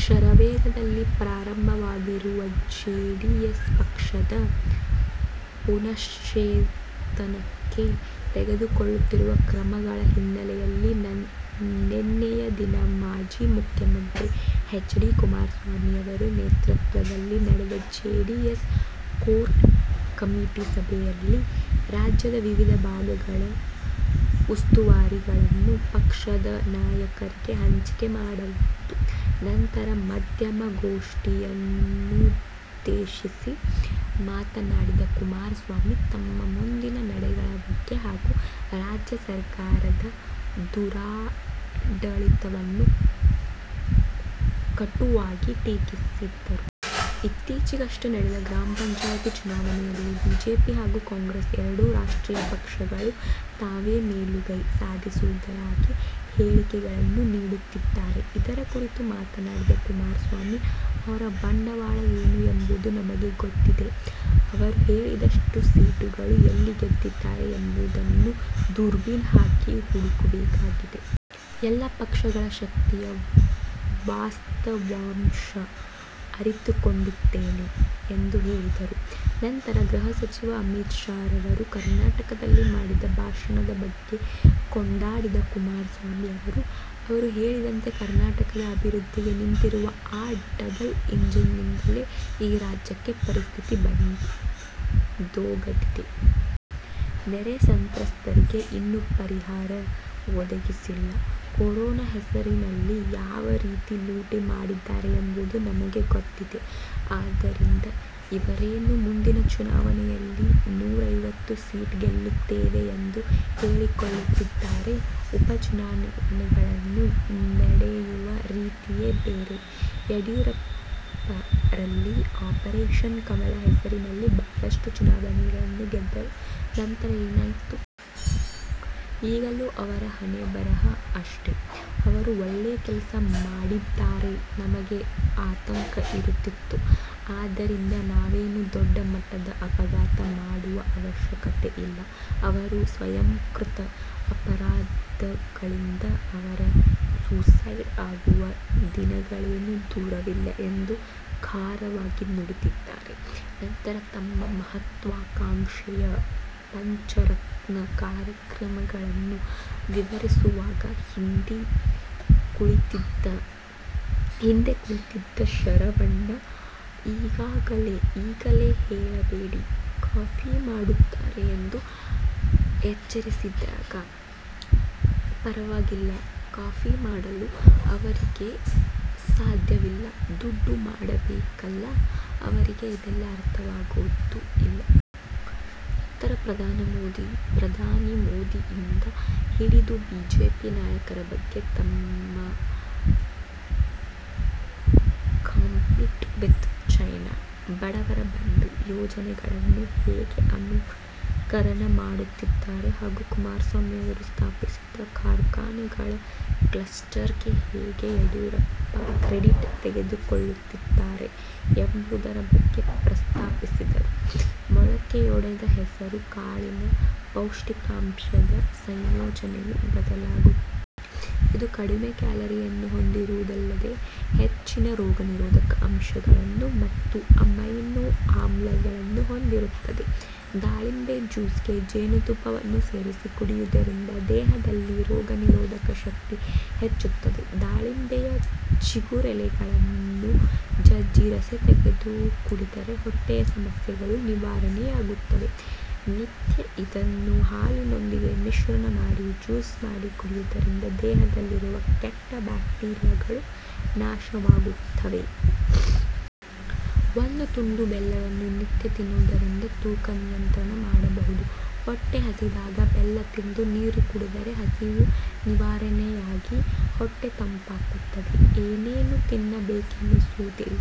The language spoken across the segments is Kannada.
ಶರವೇಗದಲ್ಲಿ ಪ್ರಾರಂಭವಾಗಿರುವ ಜೆಡಿಎಸ್ ಪಕ್ಷದ ಪುನಶ್ಚೇತನಕ್ಕೆ ತೆಗೆದುಕೊಳ್ಳುತ್ತಿರುವ ಕ್ರಮಗಳ ಹಿನ್ನಲೆಯಲ್ಲಿ ನೆನ್ನೆಯ ದಿನ ಮಾಜಿ ಮುಖ್ಯಮಂತ್ರಿ ಹೆಚ್. ಡಿ ಕುಮಾರಸ್ವಾಮಿ ಅವರ ನೇತೃತ್ವದಲ್ಲಿ ನಡೆದ ಜೆಡಿಎಸ್ ಕೋರ್ ಕಮಿಟಿ ಸಭೆಯಲ್ಲಿ ರಾಜ್ಯದ ವಿವಿಧ ಭಾಗಗಳ ಉಸ್ತುವಾರಿಯನ್ನು ಪಕ್ಷದ ನಾಯಕರಿಗೆ ಹಂಚಿಕೆ ಮಾಡಲಾಯಿತು. ನಂತರ ಮಾಧ್ಯಮಘೋಷ್ಠಿಯನ್ನುದ್ದೇಶಿಸಿ ಮಾತನಾಡಿದ ಕುಮಾರಸ್ವಾಮಿ ತಮ್ಮ ಮುಂದಿನ ನಡೆಗಳ ಬಗ್ಗೆ ಹಾಗು ರಾಜ್ಯ ಸರ್ಕಾರದ ದುರಾಡಳಿತವನ್ನು ಕಟುವಾಗಿ ಟೀಕಿಸಿದರು. ಇತ್ತೀಚೆಗಷ್ಟೇ ನಡೆದ ಗ್ರಾಮ ಪಂಚಾಯಿತಿ ಚುನಾವಣೆಯಲ್ಲಿ ಬಿಜೆಪಿ ಹಾಗು ಕಾಂಗ್ರೆಸ್ ಎರಡೂ ರಾಷ್ಟ್ರೀಯ ಪಕ್ಷಗಳು ತಾವೇ ಮೇಲುಗೈ ಸಾಧಿಸಿರುವುದಾಗಿ ಹೇಳಿಕೆಗಳನ್ನು ನೀಡುತ್ತಿದ್ದಾರೆ. ಇದರ ಕುರಿತು ಮಾತನಾಡಿದ ಕುಮಾರಸ್ವಾಮಿ 'ಅವರ ಬಂಡವಾಳ ಏನು ಎಂಬುದು ನಮಗೆ ಗೊತ್ತಿದೆ. ಅವರು ಹೇಳಿದಷ್ಟು ಸೀಟುಗಳು ಎಲ್ಲಿ ಗೆದ್ದಿದ್ದಾರೆ ಎಂಬುದನ್ನು ದುರ್ಬಿನ್ ಹಾಕಿ ಹುಡುಕಬೇಕಾಗಿದೆ. ಎಲ್ಲಾ ಪಕ್ಷಗಳ ಶಕ್ತಿಯ ವಾಸ್ತವಾಂಶ ಅರಿತುಕೊಂಡಿದ್ದೇನೆ' ಎಂದು ಹೇಳಿದರು. ನಂತರ ಗೃಹ ಸಚಿವ ಅಮಿತ್ ಶಾ ರವರು ಕರ್ನಾಟಕದಲ್ಲಿ ಮಾಡಿದ ಭಾಷಣದ ಬಗ್ಗೆಯೂ ಕೊಂಕಾಡಿದ ಕುಮಾರಸ್ವಾಮಿ ಅವರು ' ಅವರು ಹೇಳಿದಂತೆ ಕರ್ನಾಟಕದ ಅಭಿವೃದ್ಧಿಗೆ ನಿಂತಿರುವ ಆ ಡಬಲ್ ಇಂಜಿನ್ ನಿಂದಲೇ ಈ ರಾಜ್ಯಕ್ಕೆ ಪರಿಸ್ಥಿತಿ ಬಂದೊದಗಿದೆ. ನೆರೆ ಸಂತ್ರಸ್ತರಿಗೆ ಇನ್ನು ಪರಿಹಾರ ಒದಗಿಸಿಲ್ಲ. ಕೊರೋನಾ ಹೆಸರಿನಲ್ಲಿ ಯಾವ ರೀತಿ ಲೂಟಿ ಮಾಡಿದ್ದಾರೆ ಎಂಬುದು ನಿಮಗೇ ಗೊತ್ತಿದೆ. ಆದ್ದರಿಂದ ಇವರೇನು ಮುಂದಿನ ಚುನಾವಣೆಯಲ್ಲಿ ನೂರ ಐವತ್ತು ಸೀಟ್ ಗೆಲ್ಲುತ್ತೇವೆ ಎಂದು ಹೇಳಿಕೊಳ್ಳುತ್ತಿದ್ದಾರೆ, ಉಪಚುನಾವಣೆಗಳು ನಡೆಯುವ ರೀತಿಯೇ ಬೇರೆ. ಯಡಿಯೂರಪ್ಪ ರಲ್ಲಿ ಆಪರೇಷನ್ ಕಮಲಾ ಹೆಸರಿನಲ್ಲಿ ಬಹಳಷ್ಟು ಚುನಾವಣೆಗಳನ್ನು ಗೆದ್ದರು, ನಂತರ ಏನಾಯಿತು. ಈಗಲೂ ಅವರ ಹಣೆಬರಹ ಅಷ್ಟೇ. ಅವರು ಒಳ್ಳೆ ಕೆಲಸ ಮಾಡಿದ್ದಾರೆ ನಮಗೆ ಆತಂಕ ಇರುತ್ತಿತ್ತು. ಆದ್ದರಿಂದ ನಾವೇನು ದೊಡ್ಡ ಮಟ್ಟದ ಅಪವಾಧ ಮಾಡುವ ಅವಶ್ಯಕತೆ ಇಲ್ಲ, ಅವರ ಸ್ವಯಂಕೃತ ಅಪರಾಧಗಳಿಂದ ಅವರ ಸುಯಿಸೈಡ್ ಆಗುವ ದಿನಗಳೇನು ದೂರವಿಲ್ಲ ಎಂದು ಖಾರವಾಗಿ ನುಡಿದಿದ್ದಾರೆ. ನಂತರ ತಮ್ಮ ಮಹತ್ವಾಕಾಂಕ್ಷೆಯ ಪಂಚರತ್ನ ಕಾರ್ಯಕ್ರಮಗಳನ್ನು ವಿವರಿಸುವಾಗ ಹಿಂದೆ ಕುಳಿತಿದ್ದ ಶರವಣ ಈಗಲೇ ಹೇಳಬೇಡಿ ಕಾಪಿ ಮಾಡುತ್ತಾರೆ ಎಂದು ಎಚ್ಚರಿಸಿದಾಗ, ಪರವಾಗಿಲ್ಲ ಕಾಪಿ ಮಾಡಲು ಅವರಿಗೆ ಸಾಧ್ಯವಿಲ್ಲ, ದುಡ್ಡು ಮಾಡಬೇಕಲ್ಲ ಅವರಿಗೆ ಇದೆಲ್ಲ ಅರ್ಥವಾಗೋದು ಇಲ್ಲ. ನಂತರ ಪ್ರಧಾನಿ ಮೋದಿಯಿಂದ ಹಿಡಿದು ಬಿಜೆಪಿ ನಾಯಕರು ಹೇಗೆ ತಮ್ಮ'ಕಾಂಪೀಟ್ ವಿಥ್ ಚೈನಾ', 'ಬಡವರ ಬಂಧು' ಯೋಜನೆಗಳನ್ನು ಹೇಗೆ ಅನುಕರಣ ಮಾಡುತ್ತಿದ್ದಾರೆ ಹಾಗು ಕುಮಾರಸ್ವಾಮಿ ಅವರು ಸ್ಥಾಪಿಸಿದ ಕಾರ್ಖಾನೆಗಳ ಕ್ಲಸ್ಟರ್ ಗೆ ಹೇಗೆ ಯಡಿಯೂರಪ್ಪ ಕ್ರೆಡಿಟ್ ತೆಗೆದುಕೊಳ್ಳುತ್ತಿದ್ದಾರೆ ಎಂಬುದರ ಬಗ್ಗೆ ಪ್ರಸ್ತಾಪಿಸಿದರು. ಮೊಳಕೆಯೊಡೆದ ಹೆಸರು ಕಾಳಿನ ಪೌಷ್ಟಿಕಾಂಶದ ಸಂಯೋಜನೆಯು ಬದಲಾಗಿರುತ್ತದೆ. ಇದು ಕಡಿಮೆ ಕ್ಯಾಲೋರಿಯನ್ನು ಹೊಂದಿರುವುದಲ್ಲದೇ, ಹೆಚ್ಚಿನ ರೋಗ ನಿರೋಧಕ ಅಂಶಗಳು ಮತ್ತು ಅಮೈನೋ ಆಮ್ಲಗಳನ್ನು ಹೊಂದಿರುತ್ತದೆ. ದಾಳಿಂಬೆ ಜ್ಯೂಸ್ಗೆ ಜೇನು ತುಪ್ಪವನ್ನು ಸೇರಿಸಿ ಕುಡಿಯುವುದರಿಂದ ದೇಹದಲ್ಲಿ ರೋಗ ನಿರೋಧಕ ಶಕ್ತಿ ಹೆಚ್ಚುತ್ತದೆ. ದಾಳಿಂಬೆಯ ಚಿಗುರೆಲೆಗಳನ್ನು ಜಜ್ಜಿ ರಸ ತೆಗೆದು ಕುಡಿದರೆ ಹೊಟ್ಟೆಯ ಸಮಸ್ಯೆಗಳು ನಿವಾರಣೆಯಾಗುತ್ತವೆ. ನಿತ್ಯ ಇದನ್ನು ಹಾಲಿನೊಂದಿಗೆ ಮಿಶ್ರಣ ಮಾಡಿ, ಜ್ಯೂಸ್ ಮಾಡಿ ಕುಡಿಯುವುದರಿಂದ ದೇಹದಲ್ಲಿರುವ ಕೆಟ್ಟ ಬ್ಯಾಕ್ಟೀರಿಯಾಗಳು ನಾಶವಾಗುತ್ತವೆ. ಒಂದು ತುಂಡು ಬೆಲ್ಲವನ್ನು ನಿತ್ಯ ತಿನ್ನುವುದರಿಂದ ತೂಕ ನಿಯಂತ್ರಣ ಮಾಡಬಹುದು. ಹೊಟ್ಟೆ ಹಸಿವಾದಾಗ ಬೆಲ್ಲ ತಿಂದು ನೀರು ಕುಡಿದರೆ ಹಸಿವು ನಿವಾರಣೆಯಾಗಿ ಹೊಟ್ಟೆ ತಂಪಾಗುತ್ತದೆ. ಏನೇನೋ ತಿನ್ನಬೇಕೆನಿಸುವುದಿಲ್ಲ.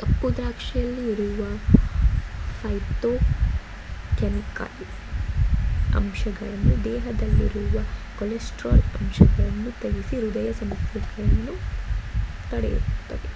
ಕಪ್ಪು ದ್ರಾಕ್ಷಿಯಲ್ಲಿ ಇರುವ ಫೈಥೋಕೆಮಿಕಲ್ ಅಂಶಗಳು ದೇಹದಲ್ಲಿರುವ ಕೊಲೆಸ್ಟ್ರಾಲ್ ಅಂಶವನ್ನು ತಗ್ಗಿಸಿ ಹೃದಯ ಸಮಸ್ಯೆಗಳನ್ನು ತಡೆಯುತ್ತವೆ.